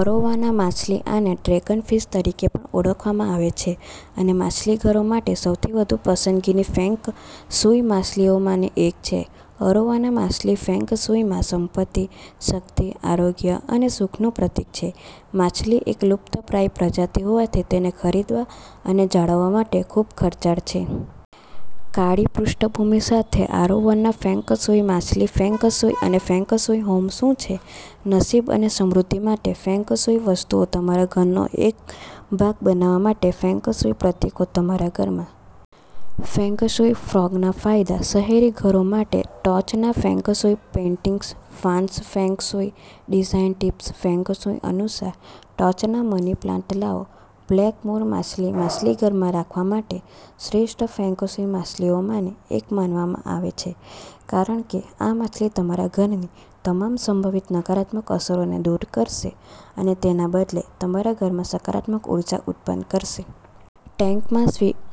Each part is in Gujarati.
અરોવાના માછલી આને ડ્રેગન ફિશ તરીકે પણ ઓળખવામાં આવે છે અને માછલીઘરો માટે સૌથી વધુ પસંદગીની ફેંગ શુઇ માછલીઓમાંની એક છે. અરોવાના માછલી ફેંગ શુઇમાં સંપત્તિ, શક્તિ, આરોગ્ય અને સુખનું પ્રતીક છે. માછલી એક લુપ્તપ્રાય પ્રજાતિ હોવાથી તેને ખરીદવા અને જાળવવા માટે ખૂબ ખર્ચાળ છે. કાળી પૃષ્ઠભૂમિ સાથે અરોવાના ફેંગ શુઇ માછલી ફેંગ શુઇ અને ફેંગ શુઇ હોમ શું છે, નસીબ અને સમૃદ્ધિ માટે ફેંગ શુઇ વસ્તુઓ, તમારા ઘરનો એક ભાગ બનાવવા માટે ફેંગ શુઇ પ્રતીકો, તમારા ઘરમાં ફેંગશુઈ ફ્રોગના ફાયદા, શહેરી ઘરો માટે ટોચના ફેંગ શુઇ પેઇન્ટિંગ્સ, વાંસ feng shui design tips, feng shui અનુસાર ટોચના મની પ્લાન્ટ લાવો, બ્લેક મૂર માછલી માછલીઘરમાં રાખવા માટે શ્રેષ્ઠ ફેંગ શુઇ માછલીઓમાંની એક માનવામાં આવે છે કારણ કે આ માછલી તમારા ઘરની તમામ સંભવિત નકારાત્મક અસરોને દૂર કરશે અને તેના બદલે તમારા ઘરમાં સકારાત્મક ઉર્જા ઉત્પન્ન કરશે. ટેન્કમાં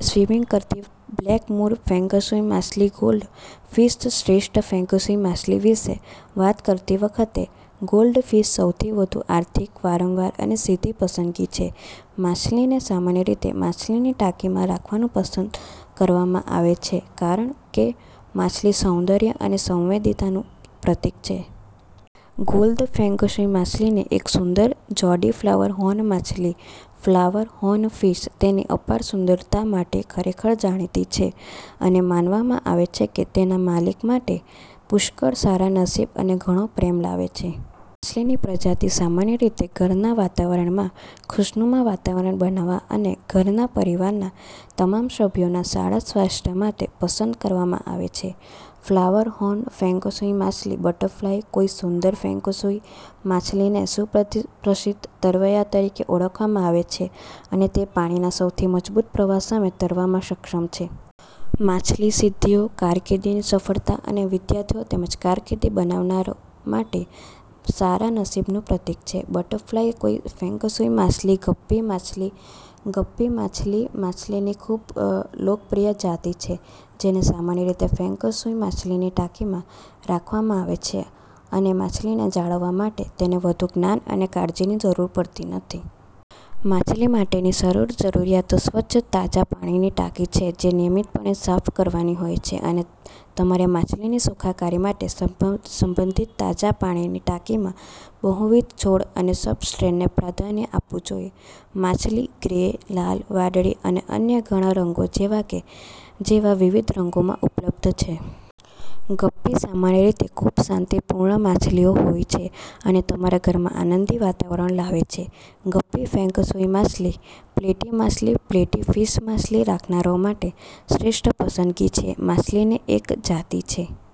સ્વિમિંગ કરતી બ્લેક મૂર ફેંગ શુઇ માછલીગોલ્ડ ફિશ શ્રેષ્ઠ ફેંગ શુઇ માછલી વિશે વાત કરતી વખતે, ગોલ્ડફિશસૌથી વધુ આર્થિક, વારંવાર અને સીધી પસંદગી છે. માછલીને સામાન્ય રીતે માછલીની ટાંકીમાં રાખવાનું પસંદ કરવામાં આવે છે કારણ કેમાછલી સૌંદર્ય અને સંવાદિતાનું પ્રતીક છે. ગોલ્ડ ફેંગ શુઇ માછલીની એક સુંદર જોડીફ્લાવર હોર્ન માછલી ફ્લાવર હોર્ન ફિશ તેની અપાર સુંદરતા માટે ખરેખર જાણીતી છે અને માનવામાં આવે છે કે તે તેના માલિક માટે પુષ્કળ સારા નસીબ અને ઘણો પ્રેમ લાવે છે. માછલીનીપ્રજાતિ સામાન્ય રીતે ઘરના વાતાવરણમાં ખુશનુમા વાતાવરણ બનાવવા અને ઘરના પરિવારના તમામ સભ્યોના સારા સ્વાસ્થ્ય માટે પસંદ કરવામાં આવે છે. ફ્લાવર હોર્ન ફેંગ શુઇ માછલીબટરફ્લાય કોઈસુંદર ફેંગ શુઇ માછલીને સુપ્રસિદ્ધ તરવૈયા તરીકે ઓળખવામાં આવે છે અને તે પાણીના સૌથી મજબૂત પ્રવાહો સામે તરવામાં સક્ષમ છે. માછલી સિદ્ધિઓ, કારકિર્દીની સફળતા અને વિદ્યાર્થીઓ તેમજ કારકિર્દી બનાવનારાઓ માટે સારા નસીબનું પ્રતીક છે. બટરફ્લાય કોઈ ફેંગ શુઇ માછલીગપ્પી માછલી ગપ્પી માછલીમાછલીની ખૂબલોકપ્રિય જાતિ છે જેને સામાન્ય રીતે ફેંગ શુઇ માછલીની ટાંકીમાં રાખવામાં આવે છે, અનેમાછલીને જાળવવા માટે તેને વધુ જ્ઞાન અને કાળજીની જરૂર પડતી નથી. માછલી માટેની સરળ જરૂરિયાતો સ્વચ્છ તાજા પાણીની ટાંકી છે જે નિયમિતપણે સાફ કરવાની હોય છે, અને તમારેમાછલીની સુખાકારી માટે સંબંધિત તાજા પાણીની ટાંકીમાં બહુવિધ છોડ અને સબસ્ટ્રેટને પ્રાધાન્ય આપવું જોઈએ. માછલી ગ્રે, લાલ, વાદળી અને અન્ય ઘણા રંગો જેવા વિવિધ રંગોમાં ઉપલબ્ધ છે. ગપ્પી સામાન્ય રીતે ખૂબશાંતિપૂર્ણ માછલીઓ હોય છે અને તમારા ઘરમાં આનંદી વાતાવરણ લાવે છે. ગપ્પી ફેંગ શુઇ માછલીપ્લેટી માછલી પ્લેટી ફિશ માછલી રાખનારાઓ માટે શ્રેષ્ઠ પસંદગી છે. માછલીની એક જાતિ છે